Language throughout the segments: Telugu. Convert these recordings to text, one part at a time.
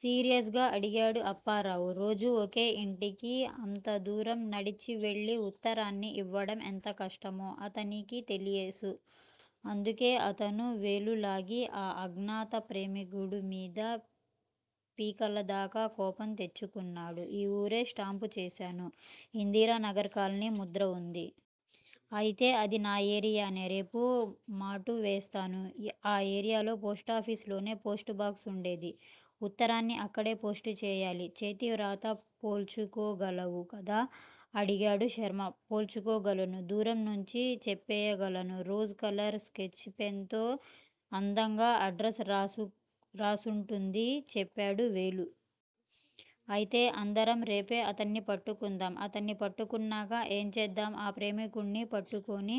సీరియస్ గా అడిగాడు అప్పారావు రోజూ ఒకే ఇంటికి అంతదూరం నడిచెళ్ళి వుత్తరాన్ని ఇవ్వడం ఎంత కష్టమో అతనికి తెలుసు. అందుకే అతనూ వేలులాగే ఆ అజ్ఞాత ప్రేమికుడు మీద పీకలదాకా కోపం తెచ్చుకున్నాడు. ఈ వూరే, స్టాంప్ చేశాను. ఇందిరానగర్ కాలనీ ముద్ర వుంది. అయితే అది నా ఏరియానే. రేపు మాటు వేస్తాను. ఆ ఏరియాలో పోస్టాఫీసులోనే పోస్టుబాక్స్ వుండేది. ఉత్తరాన్ని అక్కడే పోస్టు చేయాలి. చేతివ్రాత పోల్చుకోగలను కదా అడిగాడు శర్మ. పోల్చుకోగలను దూరంనుంచే చెప్పేయగలను. రోస్ కలర్ స్కెచ్ పెన్ తో అందంగా అడ్రస్ రాసుంటుంది చెప్పాడు వేలు. అయితే అందరం రేపే అతన్ని పట్టుకుందాం. అతన్ని పట్టుకున్నాక ఏం చేద్దాం? ఆ ప్రేమికుడ్ని పట్టుకుని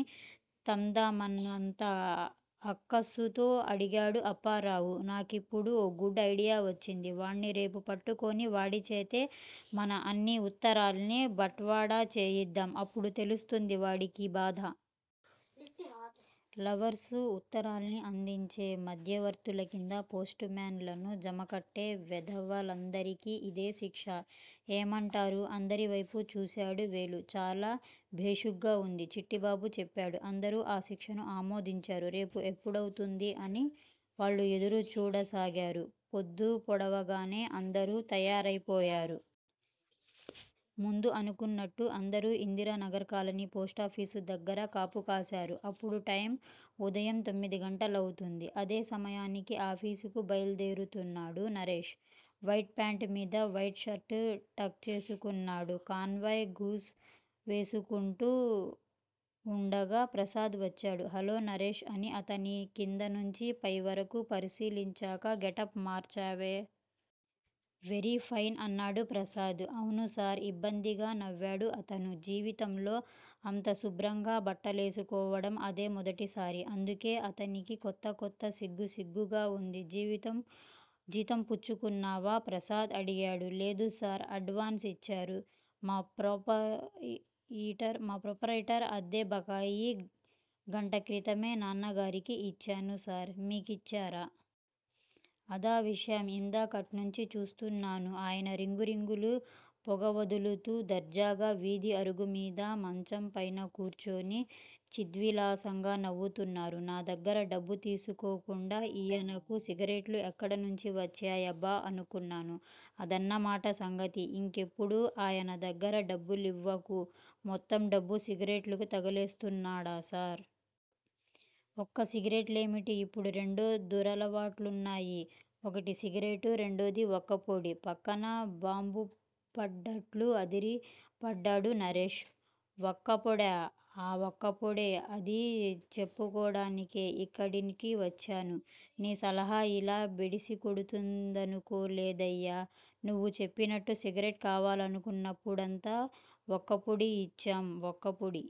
తందామన్నంత అక్కసుతో అడిగాడు అప్పారావు. నాకిప్పుడు ఓ గుడ్ ఐడియా వచ్చింది. వాడ్ని రేపు పట్టుకుని వాడిచేతే మన అన్ని వుత్తరాల్నీ బట్వాడా చేయిద్దాం. అప్పుడు తెలుస్తోంది వాడికి బాధ. లవర్స్ ఉత్తరాల్ని అందించే మధ్యవర్తుల కింద పోస్టుమ్యాన్ లను జమకట్టే వెధవలందరికీ ఇదే శిక్ష. ఏమంటారు? అందరివైపు చూశాడు వేలు. చాలా భేషుగ్గా వుంది చిట్టిబాబు చెప్పాడు. అందరూ ఆ శిక్షను ఆమోదించారు. రేపు ఎప్పుడౌతుందా అని వాళ్ళు ఎదురుచూడసాగారు. పొద్దు పొడవగానే అందరూ తయారైపోయారు. ముందు అనుకున్నట్టు అందరూ ఇందిరానగర్ కాలనీ పోస్టాఫీసు దగ్గర కాపు కాశారు. అప్పుడు టైమ్ ఉదయం తొమ్మిదిగంటలవుతోంది. అదే సమయానికి ఆఫీస్ కు బయల్దేరుతున్నాడు నరేష్. వైట్ ఫ్యాంట్ మీద వైట్ షర్ట్ టక్ చేసుకున్నాడు. కాన్వాస్ షూస్ వేసుకుంటూ వుండగా ప్రసాద్ వచ్చాడు. హలో నరేష్ అని అతనిని కిందనుంచి పైవరకూ పరిశీలించాక గెటప్ మార్చావే. వెరీఫైన్ అన్నాడు ప్రసాద్. అవును సార్ ఇబ్బందిగా నవ్వాడు అతను. జీవితంలో అంత శుభ్రంగా బట్టలేసుకోవడం అదే మొదటిసారి. అందుకే అతనికి కొత్త కొత్తగా సిగ్గుసిగ్గుగా వుంది. జీతం పుచ్చుకున్నావా? ప్రసాద్ అడిగాడు. లేదు సార్. అడ్వాన్స్ ఇచ్చారు మా ప్రొప్రయిటర్. అద్దె బకాయి గంట క్రితమే నాన్నగారికి ఇచ్చాను సార్ మీకిచ్చారా? అదా విషయం. ఇందాకట్నుంచీ చూస్తున్నాను. ఆయన రింగు రింగులుగా పొగ వదులుతూ దర్జాగా వీధి అరుగుమీద మంచంపైన కూర్చుని చిద్విలాసంగా నవ్వుతున్నారు. నా దగ్గర డబ్బు తీసుకోకుండా ఈయనకు సిగరెట్లు ఎక్కడి నుంచి వచ్చాయబ్బా అనుకున్నాను. అదన్నమాట సంగతి. ఇంకెప్పుడూ ఆయన దగ్గర డబ్బులివ్వకు. మొత్తం డబ్బూ సిగరెట్లకు తగలేస్తున్నాడా సార్? ఒక్క సిగరెట్లే యేమిటి? ఇప్పుడు రెండు దురలవాట్లున్నాయి. ఒకటి సిగరెట్. రెండోది వక్కపొడి. పక్కన బాంబుపడ్డట్లు అదిరిపడ్డాడు నరేష్. వక్కపొడా? ఆఁ వక్కపొడే! అది చెప్పడానికే ఇక్కడికి వచ్చాను. నీ సలహా యిలా బెడిసికొడుతుందనుకోలేదయ్యా! నువ్వు చెప్పినట్టు సిగరెట్ కావాలనుకున్నప్పుడంతా వక్కపొడి యిచ్చాం. వక్కపొడి